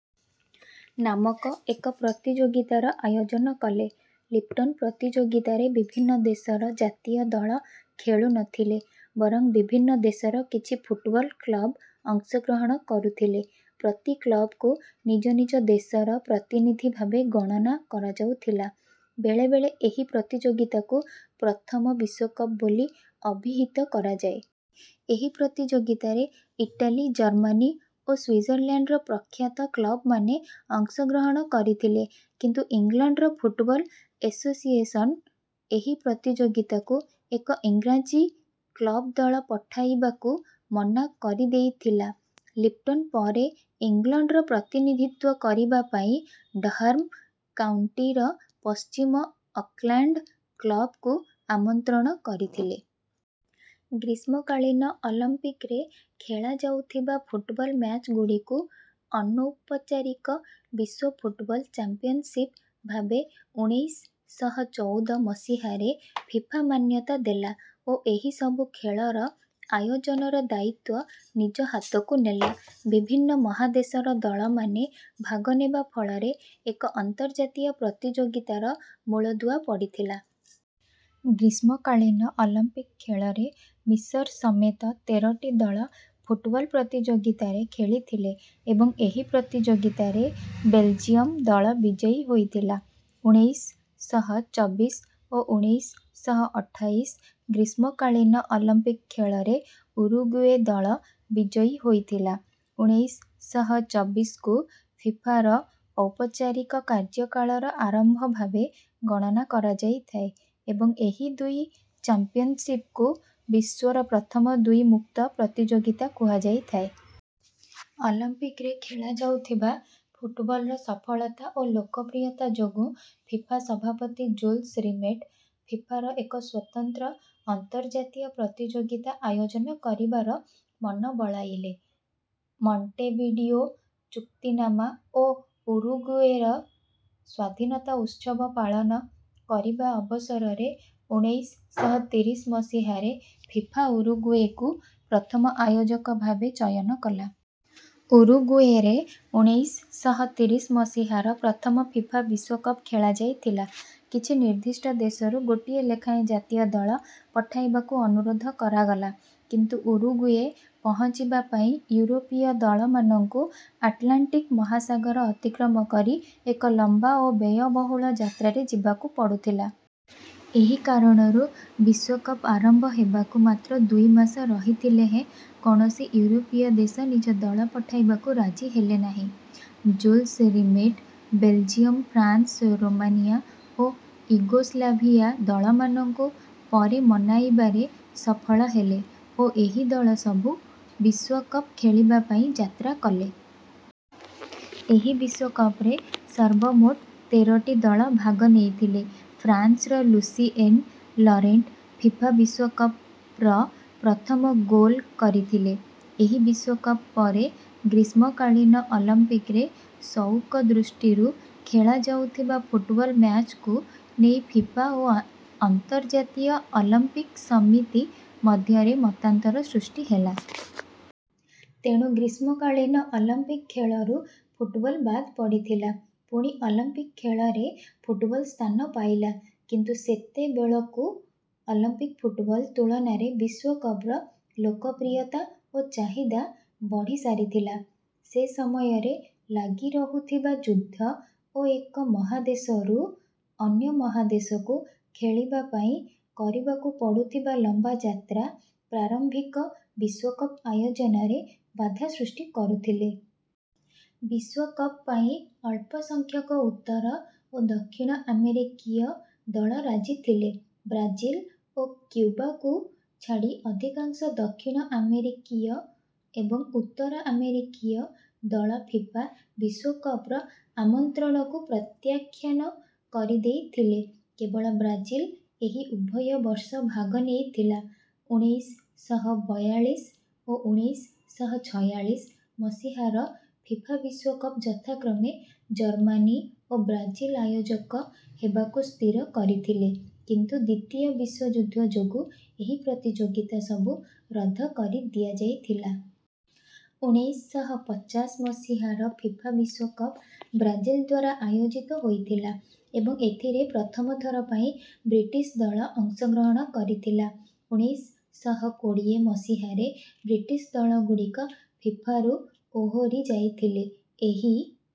ନାମକ ଏକ ପ୍ରତିଯୋଗିତାର ଆୟୋଜନ କଲେ। ଲିପ୍ଟନ୍ ପ୍ରତିଯୋଗିତାରେ ବିଭିନ୍ନ ଦେଶର ଜାତୀୟ ଦଳ ଖେଳୁନଥିଲେ। ବରଂ ବିଭିନ୍ନ ଦେଶର କିଛି ଫୁଟବଲ୍ କ୍ଲବ୍ ଅଂଶଗ୍ରହଣ କରୁଥିଲେ। ପ୍ରତି କ୍ଲବ୍କୁ ନିଜ ନିଜ ଦେଶର ପ୍ରତିନିଧି ଭାବେ ଗଣନା କରାଯାଉଥିଲା। ବେଳେବେଳେ ଏହି ପ୍ରତିଯୋଗିତାକୁ ପ୍ରଥମ ବିଶ୍ୱକପ ବୋଲି ଅଭିହିତ କରାଯାଏ। ଏହି ପ୍ରତିଯୋଗିତାରେ ଇଟାଲୀ ଜର୍ମାନୀ ଓ ସ୍ୱିଜରଲ୍ୟାଣ୍ଡର ପ୍ରଖ୍ୟାତ କ୍ଲବ୍‍ମାନେ ଅଂଶଗ୍ରହଣ କରିଥିଲେ କିନ୍ତୁ ଇଂଲଣ୍ଡର ଫୁଟବଲ୍ ଏଶୋସିଏସନ୍ ଏହି ପ୍ରତିଯୋଗିତାକୁ ଏକ ଈଂରାଜୀ କ୍ଲବ୍ ଦଳ ପଠାଇବାକୁ ମନା କରିଦେଇଥିଲା। ଲିପ୍ଟନ୍ ପରେ ଇଂଲଣ୍ଡର ପ୍ରତିନିଧିତ୍ୱ କରିବା ପାଇଁ ଡର୍ହାମ୍ କାଉଣ୍ଟିର ପଶ୍ଚିମ ଅକ୍ଲାଣ୍ଡ କ୍ଲବ୍‍କୁ ଆମନ୍ତ୍ରଣ କରିଥିଲେ। ଗ୍ରୀଷ୍ମକାଳୀନ ଅଲମ୍ପିକ୍‍ରେ ଖେଳାଯାଉଥିବା ଫୁଟବଲ୍ ମ୍ୟାଚ୍‍ଗୁଡ଼ିକୁ ଅନୌପଚାରିକ ବିଶ୍ୱ ଫୁଟବଲ୍ ଚାମ୍ପିୟନ୍‍ଶିପ୍ ଭାବେ ଉଣେଇଶ ଶହ ଚଉଦ ମସିହାରେ ଫିଫା ମାନ୍ୟତା ଦେଲା ଓ ଏହି ସବୁ ଖେଳର ଆୟୋଜନର ଦାୟିତ୍ୱ ନିଜ ହାତକୁ ନେଲା। ବିଭିନ୍ନ ମହାଦେଶର ଦଳମାନେ ଭାଗ ନେବା ଫଳରେ ଏକ ଅନ୍ତର୍ଜାତୀୟ ପ୍ରତିଯୋଗିତାର ମୂଳଦୁଆ ପଡ଼ିଥିଲା। ଗ୍ରୀଷ୍ମକାଳୀନ ଅଲମ୍ପିକ୍ ଖେଳରେ ମିଶର ସମେତ ତେରଟି ଦଳ ଫୁଟବଲ୍ ପ୍ରତିଯୋଗିତାରେ ଖେଳିଥିଲେ ଏବଂ ଏହି ପ୍ରତିଯୋଗିତାରେ ବେଲ୍ଜିୟମ୍ ଦଳ ବିଜୟୀ ହୋଇଥିଲା। ଉଣେଇଶ ଶହ ଚବିଶ ଓ ଉଣେଇଶ ଶହ ଅଠାଇଶ ଗ୍ରୀଷ୍ମକାଳୀନ ଅଲମ୍ପିକ୍ ଖେଳରେ ଉରୁଗୁଏ ଦଳ ବିଜୟୀ ହୋଇଥିଲା। ଉଣେଇଶ ଶହ ଚବିଶକୁ ଫିଫାର ଔପଚାରିକ କାର୍ଯ୍ୟକାଳର ଆରମ୍ଭ ଭାବେ ଗଣନା କରାଯାଇଥାଏ ଏବଂ ଏହି ଦୁଇ ଚାମ୍ପିୟନ୍ଶିପ୍କୁ ବିଶ୍ୱର ପ୍ରଥମ ଦୁଇ ମୁକ୍ତ ପ୍ରତିଯୋଗିତା କୁହାଯାଇଥାଏ। ଅଲମ୍ପିକ୍ ରେ ଖେଳାଯାଉଥିବା ଫୁଟବଲ୍‍ର ସଫଳତା ଓ ଲୋକପ୍ରିୟତା ଯୋଗୁଁ ଫିଫା ସଭାପତି ଜୁଲ୍ସ୍ ରିମେଟ୍ ଫିଫାର ଏକ ସ୍ୱତନ୍ତ୍ର ଅନ୍ତର୍ଜାତୀୟ ପ୍ରତିଯୋଗିତା ଆୟୋଜନ କରିବାର ମନ ବଳାଇଲେ। ମଣ୍ଟେଭିଡ଼ିଓ ଚୁକ୍ତିନାମା ଓ ଉରୁଗୁଏର ସ୍ୱାଧୀନତା ଉତ୍ସବ ପାଳନ କରିବା ଅବସରରେ ଉଣେଇଶ ଶହ ତିରିଶ ମସିହାରେ ଫିଫା ଉରୁଗୁଏକୁ ପ୍ରଥମ ଆୟୋଜକ ଭାବେ ଚୟନ କଲା। ଉରୁଗୁଏରେ ଉଣେଇଶ ଶହ ତିରିଶ ମସିହାର ପ୍ରଥମ ଫିଫା ବିଶ୍ୱକପ୍ ଖେଳାଯାଇଥିଲା। କିଛି ନିର୍ଦ୍ଦିଷ୍ଟ ଦେଶରୁ ଗୋଟିଏ ଲେଖାଏଁ ଜାତୀୟ ଦଳ ପଠାଇବାକୁ ଅନୁରୋଧ କରାଗଲା। କିନ୍ତୁ ଉରୁଗୁଏ ପହଞ୍ଚିବା ପାଇଁ ୟୁରୋପୀୟ ଦଳମାନଙ୍କୁ ଆଟ୍ଲାଣ୍ଟିକ୍ ମହାସାଗର ଅତିକ୍ରମ କରି ଏକ ଲମ୍ବା ଓ ବ୍ୟୟବହୁଳ ଯାତ୍ରାରେ ଯିବାକୁ ପଡ଼ୁଥିଲା। ଏହି କାରଣରୁ ବିଶ୍ୱକପ୍ ଆରମ୍ଭ ହେବାକୁ ମାତ୍ର ଦୁଇ ମାସ ରହିଥିଲେ ହେଁ କୌଣସି ୟୁରୋପୀୟ ଦେଶ ନିଜ ଦଳ ପଠାଇବାକୁ ରାଜି ହେଲେନାହିଁ। Jules Rimet Belgium France Romania ଓ ୟୁଗୋସ୍ଲାଭିଆ ଦଳମାନଙ୍କୁ ପରେ ମନାଇବାରେ ସଫଳ ହେଲେ ଓ ଏହି ଦଳ ସବୁ ବିଶ୍ୱକପ୍ ଖେଳିବା ପାଇଁ ଯାତ୍ରା କଲେ। ଏହି ବିଶ୍ୱକପ୍ ରେ ସର୍ବମୋଟ ତେରଟି ଦଳ ଭାଗ ନେଇଥିଲେ। ଫ୍ରାଂସ୍ର ଲୁସିଏନ୍ ଲରେଣ୍ଟ୍ ଫିଫା ବିଶ୍ୱକପର ପ୍ରଥମ ଗୋଲ୍ କରିଥିଲେ। ଏହି ବିଶ୍ୱକପ ପରେ ଗ୍ରୀଷ୍ମକାଳୀନ ଅଲମ୍ପିକ୍ ରେ ସଉକ ଦୃଷ୍ଟିରୁ ଖେଳାଯାଉଥିବା ଫୁଟବଲ୍ ମ୍ୟାଚ୍କୁ ନେଇ ଫିଫା ଓ ଅନ୍ତର୍ଜାତୀୟ ଅଲମ୍ପିକ୍ ସମିତି ମଧ୍ୟରେ ମତାନ୍ତର ସୃଷ୍ଟି ହେଲା। ତେଣୁ ଗ୍ରୀଷ୍ମକାଳୀନ ଅଲମ୍ପିକ୍ ଖେଳରୁ ଫୁଟବଲ୍ ବାଦ୍ ପଡ଼ିଥିଲା। ପୁଣି ଅଲମ୍ପିକ୍ ଖେଳରେ ଫୁଟବଲ୍ ସ୍ଥାନ ପାଇଲା କିନ୍ତୁ ସେତେବେଳକୁ ଅଲମ୍ପିକ୍ ଫୁଟବଲ୍ ତୁଳନାରେ ବିଶ୍ୱକପର ଲୋକପ୍ରିୟତା ଓ ଚାହିଦା ବଢ଼ି ସାରିଥିଲା। ସେ ସମୟରେ ଲାଗି ରହୁଥିବା ଯୁଦ୍ଧ ଓ ଏକ ମହାଦେଶରୁ ଅନ୍ୟ ମହାଦେଶକୁ ଖେଳିବା ପାଇଁ କରିବାକୁ ପଡ଼ୁଥିବା ଲମ୍ବା ଯାତ୍ରା ପ୍ରାରମ୍ଭିକ ବିଶ୍ୱକପ ଆୟୋଜନରେ ବାଧା ସୃଷ୍ଟି କରୁଥିଲେ। ବିଶ୍ୱକପ ପାଇଁ ଅଳ୍ପସଂଖ୍ୟକ ଉତ୍ତର ଓ ଦକ୍ଷିଣ ଆମେରିକୀୟ ଦଳ ରାଜିଥିଲେ। ବ୍ରାଜିଲ୍ ଓ କ୍ୟୁବାକୁ ଛାଡ଼ି ଅଧିକାଂଶ ଦକ୍ଷିଣ ଆମେରିକୀୟ ଏବଂ ଉତ୍ତର ଆମେରିକୀୟ ଦଳ ଫିଫା ବିଶ୍ୱକପର ଆମନ୍ତ୍ରଣକୁ ପ୍ରତ୍ୟାଖ୍ୟାନ କରିଦେଇଥିଲେ। କେବଳ ବ୍ରାଜିଲ୍ ଏହି ଉଭୟ ବର୍ଷ ଭାଗ ନେଇଥିଲା। ଉଣେଇଶ ଶହ ବୟାଳିଶ ଓ ଉଣେଇଶ ଶହ ଛୟାଳିଶ ମସିହାର ଫିଫା ବିଶ୍ୱକପ ଯଥାକ୍ରମେ ଜର୍ମାନୀ ଓ ବ୍ରାଜିଲ୍ ଆୟୋଜକ ହେବାକୁ ସ୍ଥିର କରିଥିଲେ କିନ୍ତୁ ଦ୍ୱିତୀୟ ବିଶ୍ୱଯୁଦ୍ଧ ଯୋଗୁଁ ଏହି ପ୍ରତିଯୋଗିତା ସବୁ ରଦ୍ଦ କରି ଦିଆଯାଇଥିଲା। ଉଣେଇଶ ଶହ ପଚାଶ ମସିହାର ଫିଫା ବିଶ୍ୱକପ ବ୍ରାଜିଲଦ୍ୱାରା ଆୟୋଜିତ ହୋଇଥିଲା ଏବଂ ଏଥିରେ ପ୍ରଥମ ଥର ପାଇଁ ବ୍ରିଟିଶ୍ ଦଳ ଅଂଶଗ୍ରହଣ କରିଥିଲା । ଉଣେଇଶ ଶହ କୋଡ଼ିଏ ମସିହାରେ ବ୍ରିଟିଶ୍ ଦଳଗୁଡ଼ିକ ଫିଫାରୁ ଓହରି ଯାଇଥିଲେ। ଏହି